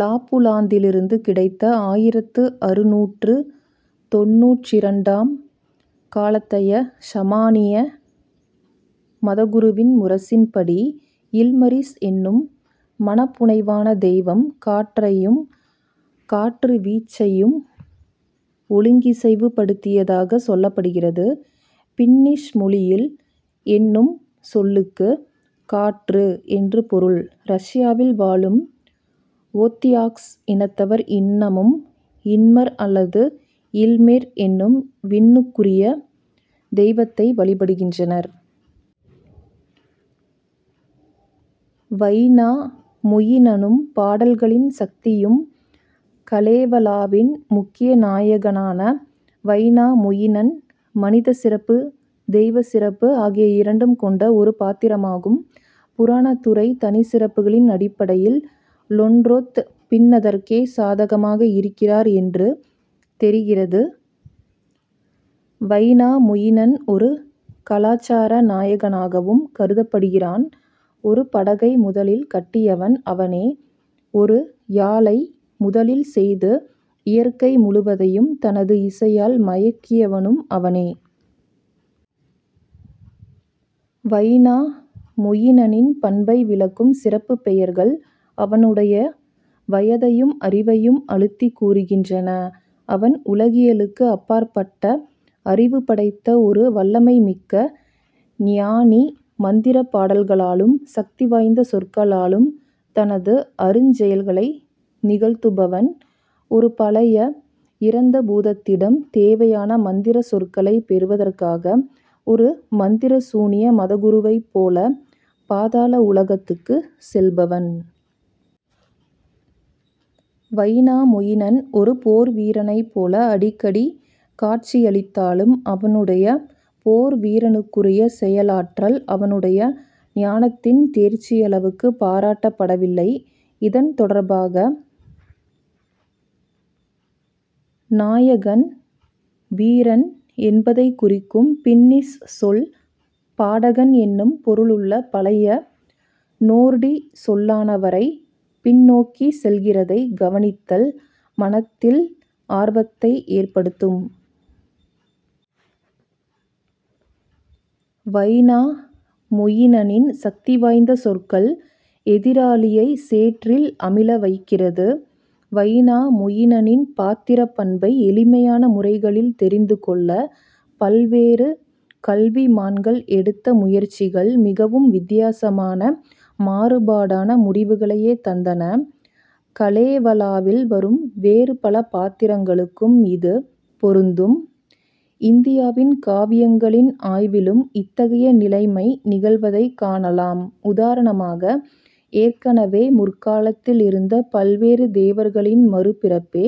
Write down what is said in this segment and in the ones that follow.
லாப்புலாந்திலிருந்து கிடைத்த ஆயிரத்து அறுநூற்று தொண்ணூற்றிரண்டாம் காலத்தைய ஷமானிய மதகுருவின் முரசின்படி இல்மரிஸ் என்னும் மனப்புனைவான தெய்வம் காற்றையும் காற்றுவீச்சையும் ஒழுங்கிசைவுப்படுத்தியதாகச் சொல்லப்படுகிறது. பின்னிஷ் மொழியில் என்னும் சொல்லுக்குக் காற்று என்று பொருள். ரஷ்யாவில் வாழும் வொத்யாக்ஸ் இனத்தவர் இன்னமும் இன்மர் அல்லது இல்மெர் என்னும் விண்ணுக்குரிய தெய்வத்தை வழிபடுகின்றனர். வைனாமொயினனும் பாடல்களின் சக்தியும் கலேவலாவின் முக்கிய நாயகனான வைனாமொயினன் மனிதச் சிறப்பு தெய்வச் சிறப்பு ஆகிய இரண்டும் கொண்ட ஒரு பாத்திரமாகும். புராணத்துறைத் தனிச்சிறப்புகளின் அடிப்படையில் லொண்ரொத் பின்னதற்கே சாதகமாக இருக்கிறார் என்று தெரிகிறது. வைனாமொயினன் ஒரு கலாசார நாயகனாகவும் கருதப்படுகிறான் ஒரு படகை முதலில் கட்டியவன் அவனே ஒரு யாழை முதலில் செய்து இயற்கை முழுவதையும் தனது இசையால் மயக்கியவனும் அவனே. வைனாமொயினனின் பண்பை விளக்கும் சிறப்புப் பெயர்கள் அவனுடைய வயதையும் அறிவையும் அழுத்திக் கூறுகின்றன அவன் உலகியலுக்கு அப்பாற்பட்ட அறிவு படைத்த ஒரு வல்லமைமிக்க ஞானி மந்திரப் பாடல்களாலும் சக்தி வாய்ந்த சொற்களாலும் தனது அருஞ்செயல்களை நிகழ்த்துபவன். ஒரு பழைய இறந்த பூதத்திடம் தேவையான மந்திரச் சொற்களைப் பெறுவதற்காக ஒரு மந்திர சூனிய மதகுருவைப்போல பாதாள உலகத்துக்குச் செல்பவன். வைனாமொயினன் ஒரு போர்வீரனைப் போல அடிக்கடி காட்சியளித்தாலும் அவனுடைய போர்வீரனுக்குரிய செயலாற்றல் அவனுடைய ஞானத்தின் தேர்ச்சியளவுக்குப் பாராட்டப்படவில்லை. இதன் தொடர்பாக நாயகன் வீரன் என்பதைக் குறிக்கும் பின்னிஷ் சொல் பாடகன் என்னும் பொருளுள்ள பழைய நோர்டிக் சொல்லான வரை பின் நோக்கிச் செல்கிறதைக் கவனித்தல் மனத்தில் ஆர்வத்தை ஏற்படுத்தும். வைனாமொயினனின் சக்தி வாய்ந்த சொற்கள் எதிராளியைச் சேற்றில் அமிழ வைக்கிறது. வைனாமொயினனின் பாத்திரப் பண்பை எளிமையான முறைகளில் தெரிந்து கொள்ளப் பல்வேறு கல்விமான்கள் எடுத்த முயற்சிகள் மிகவும் வித்தியாசமான மாறுபாடான முடிவுகளையே தந்தன. கலேவலாவில் வரும் வேறு பல பாத்திரங்களுக்கும் இது பொருந்தும். இந்தியாவின் காவியங்களின் ஆய்விலும் இத்தகைய நிலைமை நிகழ்வதைக் காணலாம் உதாரணமாக ஏற்கனவே முற்காலத்தில் இருந்த பல்வேறு தேவர்களின் மறுபிறப்பே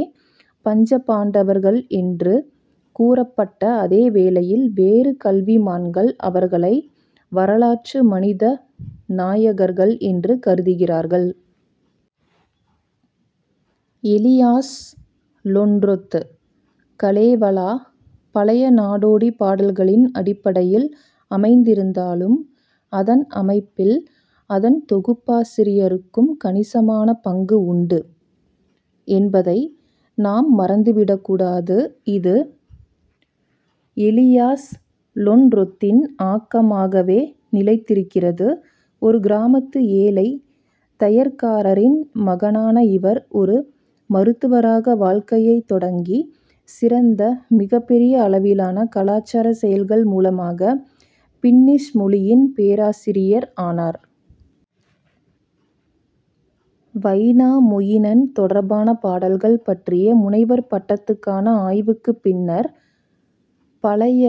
பஞ்சபாண்டவர்கள் என்று கூறப்பட்ட அதே வேளையில் வேறு கல்விமான்கள் அவர்களை வரலாற்று மனித நாயகர்கள் என்று கருதுகிறார்கள். எலியாஸ் லொண்ரொத் கலேவலா பழைய நாடோடிப் பாடல்களின் அடிப்படையில் அமைந்திருந்தாலும் அதன் அமைப்பில் அதன் தொகுப்பாசிரியருக்கும் கணிசமான பங்கு உண்டு என்பதை நாம் மறந்து விடக் கூடாது. இது எலியாஸ் லொண்ரொத்தின் ஆக்கமாகவே நிலைத்திருக்கிறது ஒரு கிராமத்து ஏழைத் தையற்காரரின் மகனான இவர் ஒரு மருத்துவராக வாழ்க்கையைத் தொடங்கி சிறந்த மிகப் பெரிய அளவிலான கலாசாரச் செயல்கள் மூலமாகப் பின்னிஷ் மொழியின் பேராசிரியர் ஆனார். வைனாமொயினன் தொடர்பான பாடல்கள் பற்றிய முனைவர் பட்டத்துக்கான ஆய்வுக்குப் பின்னர் பழைய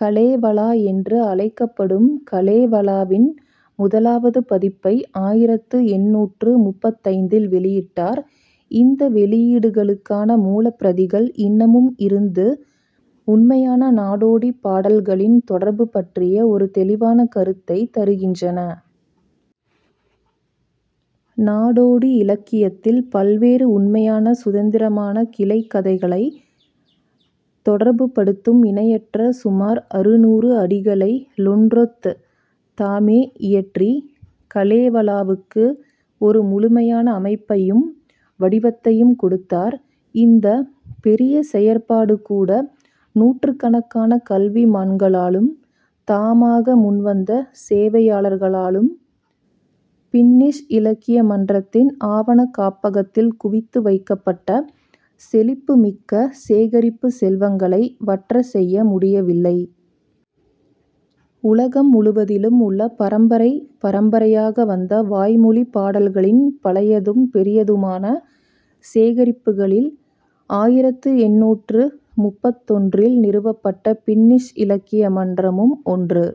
கலேவலா என்று அழைக்கப்படும் கலேவலாவின் முதலாவது பதிப்பை ஆயிரத்து எண்ணூற்று முப்பத்தைந்தில் வெளியிட்டார். இந்த வெளியீடுகளுக்கான மூலப் பிரதிகள் இன்னமும் இருந்து உண்மையான நாடோடிப் பாடல்களின் தொடர்பு பற்றிய ஒரு தெளிவான கருத்தைத் தருகின்றன. நாடோடி இலக்கியத்தில் பல்வேறு உண்மையான சுதந்திரமான கிளைக் கதைகளைத் தொடர்புபடுத்தும் இணையற்ற சுமார் அறுநூறு அடிகளை லொண்ரொத் தாமே இயற்றிக் கலேவலாவுக்கு ஒரு முழுமையான அமைப்பையும் வடிவத்தையும் கொடுத்தார். இந்தப் பெரிய செயற்பாடுகூட நூற்றுக்கணக்கான கல்விமான்களாலும் தாமாக முன்வந்த சேவையாளர்களாலும் பின்னிஷ் இலக்கிய மன்றத்தின் ஆவணக் காப்பகத்தில் குவித்து வைக்கப்பட்ட செழிப்புமிக்க சேகரிப்புச் செல்வங்களை வற்றச் செய்ய முடியவில்லை. உலகம் முழுவதிலும் உள்ள பரம்பரை பரம்பரையாக வந்த வாய்மொழிப் பாடல்களின் பழையதும் பெரியதுமான சேகரிப்புகளில் ஆயிரத்து எண்ணூற்று முப்பத்தொன்றில் நிறுவப்பட்ட பின்னிஷ் இலக்கிய மன்றமும் ஒன்று.